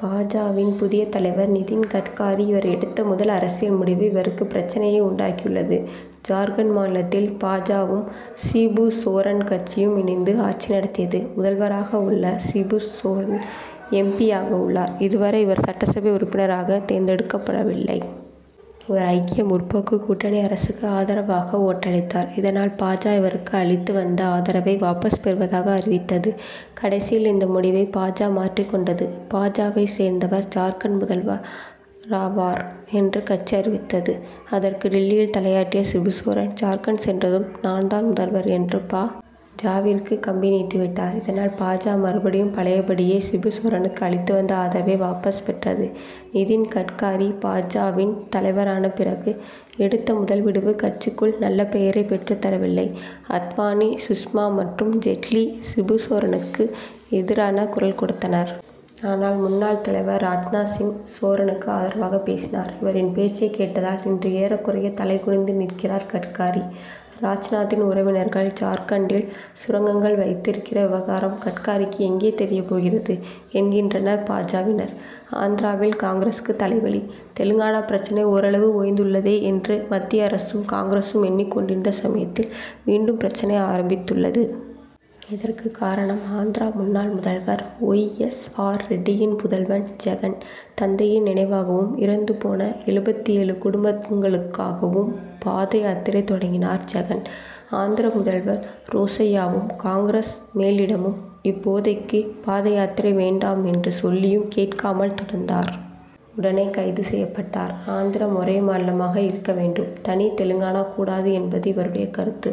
பா. ஜ.,வின் புதிய தலைவர் நிதின் கட்காரி. இவர் எடுத்த முதல் அரசியல் முடிவு இவருக்கு பிரச்னையை உண்டாக்கியுள்ளது. ஜார்க்கண்ட் மாநிலத்தில் பா. ஜ.,வும், சிபு சோரன் கட்சியும் இணைந்து ஆட்சி நடத்தியது. முதல்வராக உள்ள சிபு சோரன், எம். பி.,யாக உள்ளார். இதுவரை இவர் சட்டசபை உறுப்பினராக தேர்ந்தெடுக்கப்படவில்லை. இவர் ஐக்கிய முற்போக்கு கூட்டணி அரசுக்கு ஆதரவாக ஓட்டளித்தார். இதனால், பா. ஜ., இவருக்கு அளித்து வந்த ஆதரவை வாபஸ் பெறுவதாக அறிவித்தது. கடைசியில் இந்த முடிவை பா. ஜ., மாற்றிக் கொண்டது. பா. ஜ.,வைச் சேர்ந்தவர் ஜார்க்கண்ட் முதல்வராவார் என்று கட்சி அறிவித்தது. அதற்கு டில்லியில் தலையாட்டிய சிபு சோரன், "ஜார்க்கண்ட் சென்றதும் நான் தான் முதல்வர்' என்று, பா. ஜ.,விற்கு கம்பி நீட்டிவிட்டார். இதனால், பா. ஜ., மறுபடியும் பழைய படியே, சிபுசோரனுக்கு அளித்து வந்த ஆதரவை வாபஸ் பெற்றது. நிதின் கட்காரி பா. ஜ.,வின் தலைவரான பிறகு, எடுத்த முதல் முடிவு கட்சிக்குள் நல்ல பெயரைப் பெற்றுத் தரவில்லை. அத்வானி, சுஷ்மா மற்றும் ஜெட்லி, சிபு சோரனுக்கு எதிராக குரல் கொடுத்தனர். ஆனால், முன்னாள் தலைவர் ராஜ்நாத் சிங், சோரனுக்கு ஆதரவாகப் பேசினார். இவரின் பேச்சைக் கேட்டதால், இன்று ஏறக்குறைய தலை குனிந்து நிற்கிறார் கட்காரி. ராஜ்நாத்தின் உறவினர்கள் ஜார்க்கண்டில் சுரங்கங்கள் வைத்திருக்கிற விவகாரம் கட்காரிக்கு எங்கே தெரியப் போகிறது? என்கின்றனர் பா. ஜ.,வினர். ஆந்திராவில் காங்கிரசுக்கு தலைவலி: தெலுங்கானா பிரச்னை ஓரளவு ஓய்ந்துள்ளதே என்று மத்திய அரசும், காங்கிரசும் எண்ணிக் கொண்டிருந்த சமயத்தில், மீண்டும் பிரச்னை ஆரம்பித்துள்ளது. இதற்கு காரணம் ஆந்திரா முன்னாள் முதல்வர் ஒய். எஸ். ஆர் ரெட்டியின் புதல்வன் ஜெகன். தந்தையின் நினைவாகவும், இறந்து போன எழுபத்து ஏழு குடும்பத்கங்களுக்காகவும் பாத யாத்திரை தொடங்கினார் ஜெகன். ஆந்திர முதல்வர் ரோசய்யாவும், காங்கிரஸ் மேலிடமும் இப்போதைக்கு பாத யாத்திரை வேண்டாம் என்று சொல்லியும் கேட்காமல் தொடர்ந்தார். உடனே கைது செய்யப்பட்டார். ஆந்திரம் ஒரே மாநிலமாக இருக்க வேண்டும்; தனி தெலுங்கானா கூடாது என்பது இவருடைய கருத்து.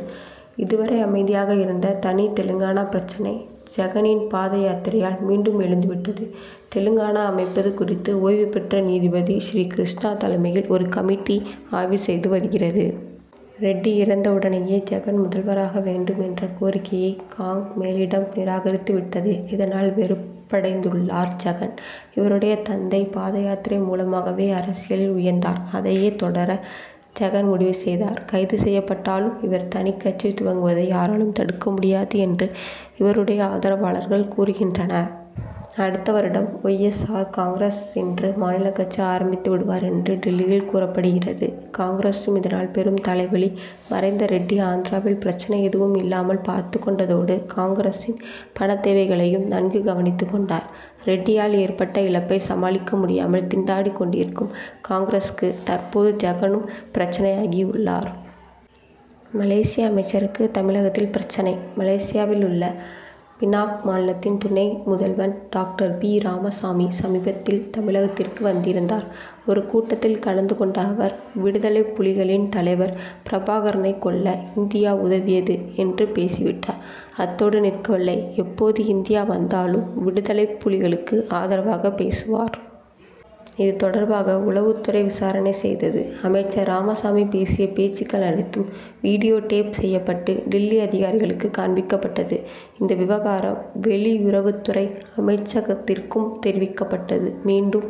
இதுவரை அமைதியாக இருந்த தனி தெலுங்கானா பிரச்னை, ஜெகனின் பாத யாத்திரையால் மீண்டும் எழுந்துவிட்டது. தெலுங்கானா அமைப்பது குறித்து ஓய்வுபெற்ற நீதிபதி ஸ்ரீ கிருஷ்ணா தலைமையில் ஒரு கமிட்டி ஆய்வு செய்து வருகிறது. ரெட்டி இறந்த உடனேயே ஜெகன் முதல்வராக வேண்டும் என்ற கோரிக்கையை காங்., மேலிடம் நிராகரித்துவிட்டது. இதனால், வெறுப்படைந்துள்ளார் ஜெகன். இவருடைய தந்தை பாத யாத்திரை மூலமாகவே அரசியலில் உயர்ந்தார். அதையே தொடர ஜெகன் முடிவு செய்தார். கைது செய்யப்பட்டாலும் இவர் தனிக் கட்சி துவங்குவதை யாராலும் தடுக்க முடியாது' என்று இவருடைய ஆதரவாளர்கள் கூறுகின்றனர். அடுத்த வருடம் ஒய். எஸ். ஆர்., காங்கிரஸ் என்று மாநில கட்சி ஆரம்பித்துவிடுவார் என்று டில்லியில் கூறப்படுகிறது. காங்கிரசுக்கு இதனால் பெரும் தலைவலி. மறைந்த ரெட்டி ஆந்திராவில் பிரச்னை எதுவும் இல்லாமல் பார்த்துக் கொண்டதோடு காங்கிரசின் பணத்தேவைகளையும் நன்கு கவனித்துக் கொண்டார். ரெட்டியால் ஏற்பட்ட இழப்பை சமாளிக்க முடியாமல் திண்டாடிக் கொண்டிருக்கும் காங்கிரசுக்கு தற்போது ஜெகனும் பிரச்னையாகியுள்ளார். மலேசிய அமைச்சருக்கு தமிழகத்தில் பிரச்னை: மலேசியாவிலுள்ள பினாங் மாநிலத்தின் துணை முதல்வர் டாக்டர் பி. ராமசாமி சமீபத்தில் தமிழகத்திற்கு வந்திருந்தார். ஒரு கூட்டத்தில் கலந்து கொண்ட அவர், விடுதலைப்புலிகளின் தலைவர் பிரபாகரனைக் கொல்ல இந்தியா உதவியது என்று பேசிவிட்டார். அத்தோடு நிற்கவில்லை; எப்போது இந்தியா வந்தாலும் விடுதலைப்புலிகளுக்கு ஆதரவாகப் பேசுவார். இது தொடர்பாக உளவுத்துறை விசாரணை செய்தது. அமைச்சர் ராமசாமி பேசிய பேச்சுக்கள் அனைத்தும் வீடியோ டேப் செய்யப்பட்டு டில்லி அதிகாரிகளுக்குக் காண்பிக்கப்பட்டது. இந்த விவகாரம் வெளியுறவுத்துறை அமைச்சகத்திற்கும் தெரிவிக்கப்பட்டது. மீண்டும்